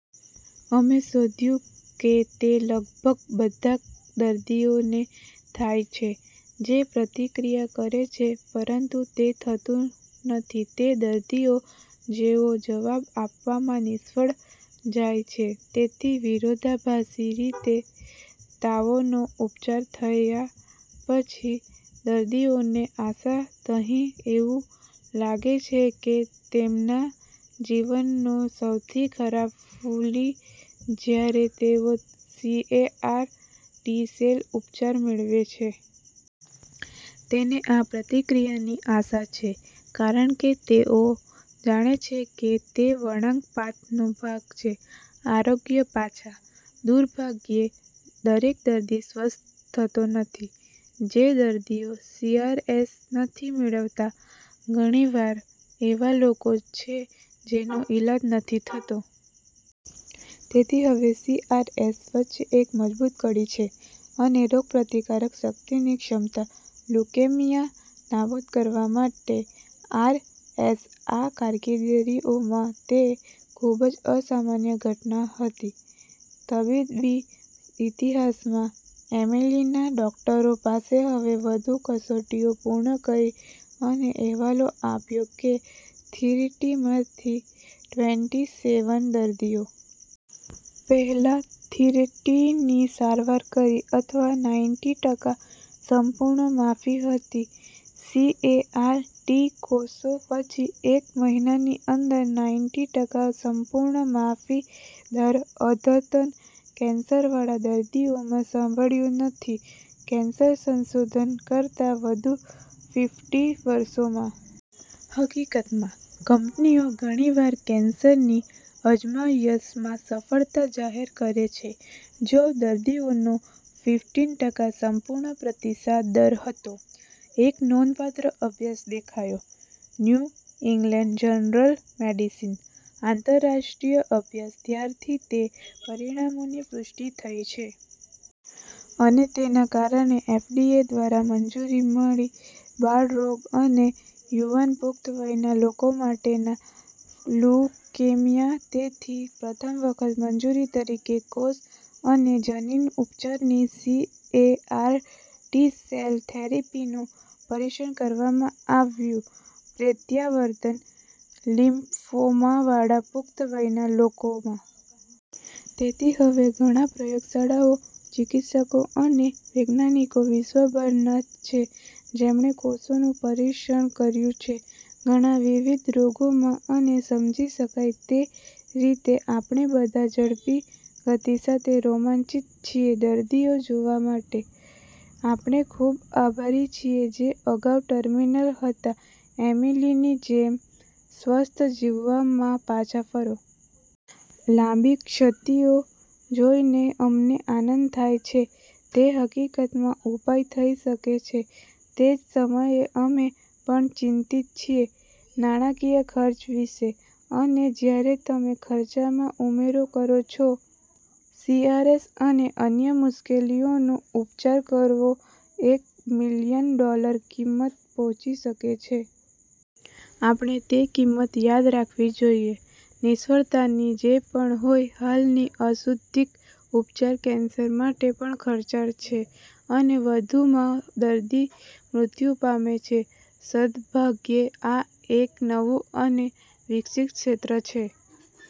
અમે શોધ્યું કે તે લગભગ બધા દર્દીઓ ને થાય છે જે પ્રતિક્રિયા કરે છે પરંતુ તે થતું નથી તે દર્દીઓ જેઓ જવાબ આપવામાં નિષ્ફળ જાય છે. તેથી વિરોધાભાસી રીતે તાવનો ઉપચાર થયા પછી દર્દીઓને આશા તહી એવું લાગે છે કે તેમના જીવનનો સૌથી ખરાબ ફલૂ જ્યારે તેઓ સીએઆર ટી-સેલ ઉપચાર મળે છે. તેને આ પ્રતિક્રિયાની આશા છે કારણ કે તેઓ જાણે છે કે તે વળાંક પાથનો ભાગ છે આરોગ્ય પાછા. દુર્ભાગ્યે, દરેક દર્દી સ્વસ્થ થતો નથી. જે દર્દીઓ સીઆરએસ નથી મેળવતા, ઘણીવાર એવા લોકો છે જેનો ઇલાજ નથી થતો. તેથી હવે સીઆરએસ વચ્ચે એક મજબૂત કડી છે અને રોગપ્રતિકારક શક્તિની ક્ષમતા લ્યુકેમિયા નાબૂદ કરવા માટે. આર.એસ.આ દર્દીઓમાં તે ખૂબ જ અસામાન્ય ઘટના હતી તબીબી ઇતિહાસમાં. એમિલીના ડોકટરો પાસે હવે વધુ કસોટીઓ પૂર્ણ કરી અને અહેવાલ આપ્યો કે થીરટી માંથી ટ્વેન્ટી સેવન દર્દીઓ. પહેલા થીરટીની સારવાર કરી અથવા નાઈન્ટી ટકા સંપૂર્ણ માફી હતી. સીએઆર ટી કોષો પછી એક મહિનાની અંદર નાઈન્ટી ટકા સંપૂર્ણ માફી દર અદ્યતન કેન્સરવાળા દર્દીઓમાં સાંભળ્યું નથી કેન્સર સંશોધન કરતાં વધુ ફિફ્ટી વર્ષોમાં. હકીકતમાં, કંપનીઓ ઘણીવાર કેન્સરની અજમાયશમાં સફળતા જાહેર કરે છે જો દર્દીઓના ફિફટિન ટકા સંપૂર્ણ પ્રતિસાદ દર હતો. એક નોંધપાત્ર અભ્યાસ દેખાયો "ન્યુ ઇંગ્લેંડ જર્નલ મેડિસિન" આંતરરાષ્ટ્રીય અભ્યાસ ત્યારથી તે પરિણામોની પુષ્ટિ થઈ છે. અને તેના કારણે એફડીએ દ્વારા મંજૂરી મળી બાળરોગ અને યુવાન પુખ્ત વયના લોકો માટેના લ્યુકેમિયા. તેથી પ્રથમ વખત મંજૂરી તરીકે કોષ અને જનીન ઉપચારની સીએઆર ટી-સેલ થેરેપીનું પરીક્ષણ કરવામાં આવ્યું પ્રત્યાવર્તન લિમ્ફોમાવાળા પુખ્ત વયના લોકોમાં. તેથી હવે ઘણા પ્રયોગશાળાઓ, ચિકિત્સકો અને વૈજ્ઞાનિકો વિશ્વભરના છે જેમણે કોષોનું પરીક્ષણ કર્યું છે ઘણા વિવિધ રોગોમાં અને સમજી શકાય તે રીતે. આપણે બધા ઝડપી ગતિ સાથે રોમાંચિત છીએ દર્દીઓ જોવા માટે. આપણે ખૂબ આભારી છીએ જે અગાઉ ટર્મિનલ હતા એમિલીની જેમ સ્વસ્થ જીવનમાં પાછા ફરો. લાંબી ક્ષતિઓ જોઈને અમને આનંદ થાય છે. તે હકીકતમાં ઉપાય થઈ શકે છે. તે જ સમયે અમે પણ ચિંતિત છીએ નાણાકીય ખર્ચ વિશે. અને જ્યારે તમે ખર્ચમાં ઉમેરો કરો છો, સીઆરએસ અને અન્ય મુશ્કેલીઓનો ઉપચાર કરવો એક મિલિયન ડોલર કિંમત પહોંચી શકે છે. આપણે તે કિંમત યાદ રાખવી જોઈએ નિષ્ફળતાની જે પણ હોય હાલની અશુદ્ધિક ઉપચાર કેન્સર માટે પણ ખર્ચાળ છે અને વધુમાં દર્દી મૃત્યુ પામે છે. સદભાગ્યે, આ એક નવું અને વિકસિત ક્ષેત્ર છે.